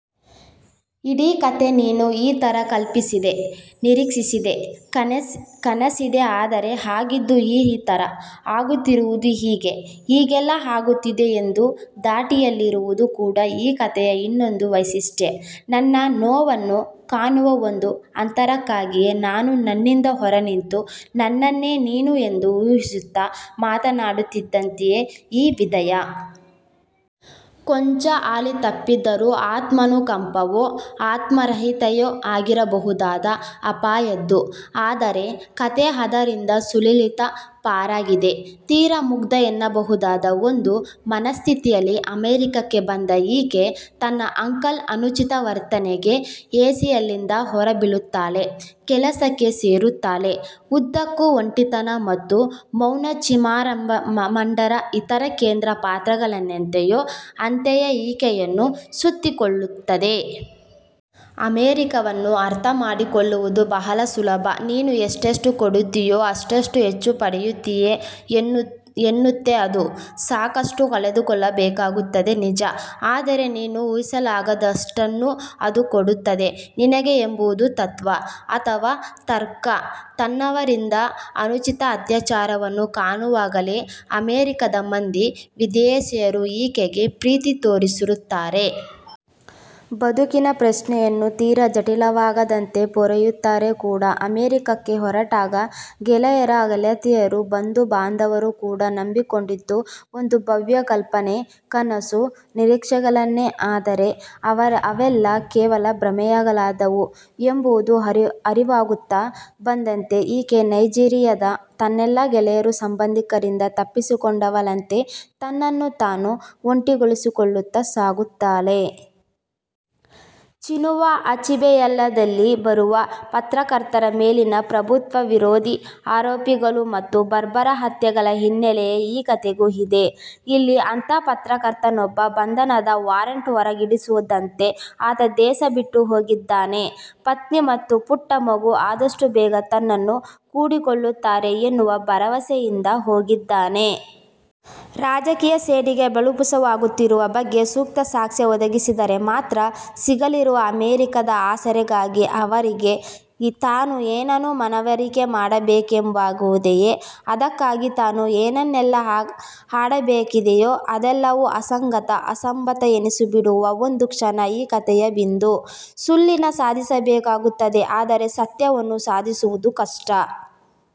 ಇಡೀ ಕತೆ ನೀನು ಈ ತರ ಕಲ್ಪಿಸಿದೆ, ನಿರೀಕ್ಷಿಸಿದೆ, ಕನಸಿದೆ ಆದರೆ ಆಗಿದ್ದು ಈ ತರ, ಆಗುತ್ತಿರುವುದು ಹೀಗೆ, ಹೀಗೆಲ್ಲ ಆಗುತ್ತಿದೆ ಎಂಬ ಧಾಟಿಯಲ್ಲಿರುವುದು ಕೂಡ ಈ ಕಥೆಯ ಇನ್ನೊಂದು ವೈಶಿಷ್ಟ್ಯ. ನನ್ನ ನೋವನ್ನು ಕಾಣುವ ಒಂದು ಅಂತರಕ್ಕಾಗಿಯೇ ನಾನು ನನ್ನಿಂದ ಹೊರನಿಂತು ನನ್ನನ್ನೇ ನೀನು ಎಂದು ಊಹಿಸುತ್ತ ಮಾತನಾಡಿದಂತಿದ ಈ ವಿಧಾಯ. ಕೊಂಚ ಹಳಿತಪ್ಪಿದರೂ ಆತ್ಮಾನುಕಂಪವೋ, ಆತ್ಮರತಿಯೋ ಆಗಬಹುದಾದ ಅಪಾಯದ್ದು. ಆದರೆ ಕತೆ ಅದರಿಂದ ಸುಲಲಿತ ಪಾರಾಗಿದೆ. ತೀರ ಮುಗ್ಧ ಎನ್ನಬಹುದಾದ ಒಂದು ಮನಸ್ಥಿತಿಯಲ್ಲಿ ಅಮೆರಿಕಕ್ಕೆ ಬಂದ ಈಕೆ ತನ್ನ ಅಂಕಲ್ನ ಅನುಚಿತ ವರ್ತನೆಗೆ ಹೇಸಿ ಅಲ್ಲಿಂದ ಹೊರಬೀಳುತ್ತಾಳೆ. ಕೆಲಸಕ್ಕೆ ಸೇರುತ್ತಾಳೆ. ಉದ್ದಕ್ಕೂ ಒಂಟಿತನ ಮತ್ತು ಮೌನ ಚಿಮಾಮಾಂಡರ ಇತರ ಕೇಂದ್ರ ಪಾತ್ರಗಳನ್ನೆಂತೋ ಅಂತೆಯೇ ಈಕೆಯನ್ನೂ ಸುತ್ತಿಕೊಳ್ಳುತ್ತದೆ. 'ಅಮೆರಿಕವನ್ನು ಅರ್ಥಮಾಡಿಕೊಳ್ಳುವುದು ಬಹಳ ಸುಲಭ! ನೀನು ಎಷ್ಟೆಷ್ಟು ಕೊಡುತ್ತೀಯೋ ಅಷ್ಟಷ್ಟು ಹೆಚ್ಚು ಪಡೆಯುತ್ತೀ ಎನ್ನುತ್ತೆ ಅದು ಸಾಕಷ್ಟು ಕಳೆದುಕೊಳ್ಳಬೇಕಾಗುತ್ತೆ ನಿಜ. ಆದರೆ ನೀನು ಊಹಿಸಲಾರದಷ್ಟನ್ನು ಅದು ಕೊಡುತ್ತದೆ ನಿನಗೆ ಎಂಬುದು ತತ್ವ. ಅಥವಾ ತರ್ಕ ತನ್ನವರಿಂದ ಅನುಚಿತ ಅತ್ಯಾಚಾರವನ್ನು ಕಾಣುವಾಗಲೇ ಅಮೆರಿಕದ ಮಂದಿ ವಿದೇಶೀಯರು ಈಕೆಗೆ ಪ್ರೀತಿ ತೋರಿಸುತ್ತಾರೆ. ಬದುಕಿನ ಪ್ರಶ್ನೆಯನ್ನು ತೀರ ಜಟಿಲವಾಗದಂತೆ ಪೊರೆಯುತ್ತಾರೆ ಕೂಡ ಅಮೆರಿಕಕ್ಕೆ ಹೊರಟಾಗ ಗೆಳೆಯ ಗೆಳತಿಯರು, ಬಂಧು ಬಾಂಧವರು ಕೂಡ ನಂಬಿಕೊಂಡಿದ್ದು ಒಂದು ಭವ್ಯ ಕಲ್ಪನೆ, ಕನಸು, ನಿರೀಕ್ಷೆಗಳನ್ನೇ ಆದರೆ ಅವೆಲ್ಲ ಕೇವಲ ಭ್ರಮೆಗಳಾಗಿದ್ದವು ಎಂಬುದು ಅರಿವಾಗುತ್ತ ಬಂದಂತೆ ಈಕೆ ನೈಜೀರಿಯಾದ ತನ್ನೆಲ್ಲಾ ಗೆಳೆಯರು-ಸಂಬಂಧಿಕರಿಂದ ತಪ್ಪಿಸಿಕೊಂಡವಳಂತೆ ತನ್ನನ್ನು ತಾನು ಒಂಟಿಗೊಳಿಸಿಕೊಳ್ಳುತ್ತ ಸಾಗುತ್ತಾಳೆ. ಚಿನುವ ಅಚೀಬೆಯದಲ್ಲಿ ಬರುವ ಪತ್ರಕರ್ತರ ಮೇಲಿನ ಪ್ರಭುತ್ವ ವಿರೋಧಿ ಆರೋಪಗಳು ಮತ್ತು ಬರ್ಬರ ಹತ್ಯೆಗಳ ಹಿನ್ನೆಲೆಯೇ ಈ ಕತೆಗೂ ಇದೆ. ಇಲ್ಲಿ ಅಂಥ ಪತ್ರಕರ್ತನೊಬ್ಬನ ಬಂಧನದ ವಾರಂಟ್ ಹೊರಡುತ್ತಿದ್ದಂತೆ ಆತ ದೇಶ ಬಿಟ್ಟು ಹೋಗಿದ್ದಾನೆ. ಪತ್ನಿ ಮತ್ತು ಪುಟ್ಟ ಮಗು ಆದಷ್ಟು ಬೇಗ ತನ್ನನ್ನು ಕೂಡಿಕೊಳ್ಳುತ್ತಾರೆ ಎನ್ನುವ ಭರವಸೆಯಿಂದ ಹೋಗಿದ್ದಾನೆ. ರಾಜಕೀಯ ಸೇಡಿಗೆ ಬಲಿಪಶುವಾಗುತ್ತಿರುವ ಬಗ್ಗೆ ಸೂಕ್ತ ಸಾಕ್ಷ್ಯ ಒದಗಿಸಿದರೆ ಮಾತ್ರ ಸಿಗಲಿರುವ ಅಮೆರಿಕದ ಆಸರೆಗಾಗಿ ಅವರಿಗೆ ತಾನು ಏನನ್ನು ಮನವರಿಕೆ ಮಾಡಬೇಕಾಗಿದೆಯೋ, ಅದಕ್ಕಾಗಿ ತಾನು ಏನೇನೆಲ್ಲ ಆಡಬೇಕಿದೆಯೋ ಅದೆಲ್ಲವೂ ಅಸಂಗತ, ಅಸಂಬದ್ಧ ಎನಿಸಿಬಿಡುವ ಒಂದು ಕ್ಷಣ ಈ ಕತೆಯ ಬಿಂದು. ಸುಳ್ಳನ್ನು ಸಾಧಿಸಬೇಕಾಗುತ್ತದೆ ಆದರೆ ಸತ್ಯವನ್ನು ಸಾಧಿಸುವುದು ಕಷ್ಟ.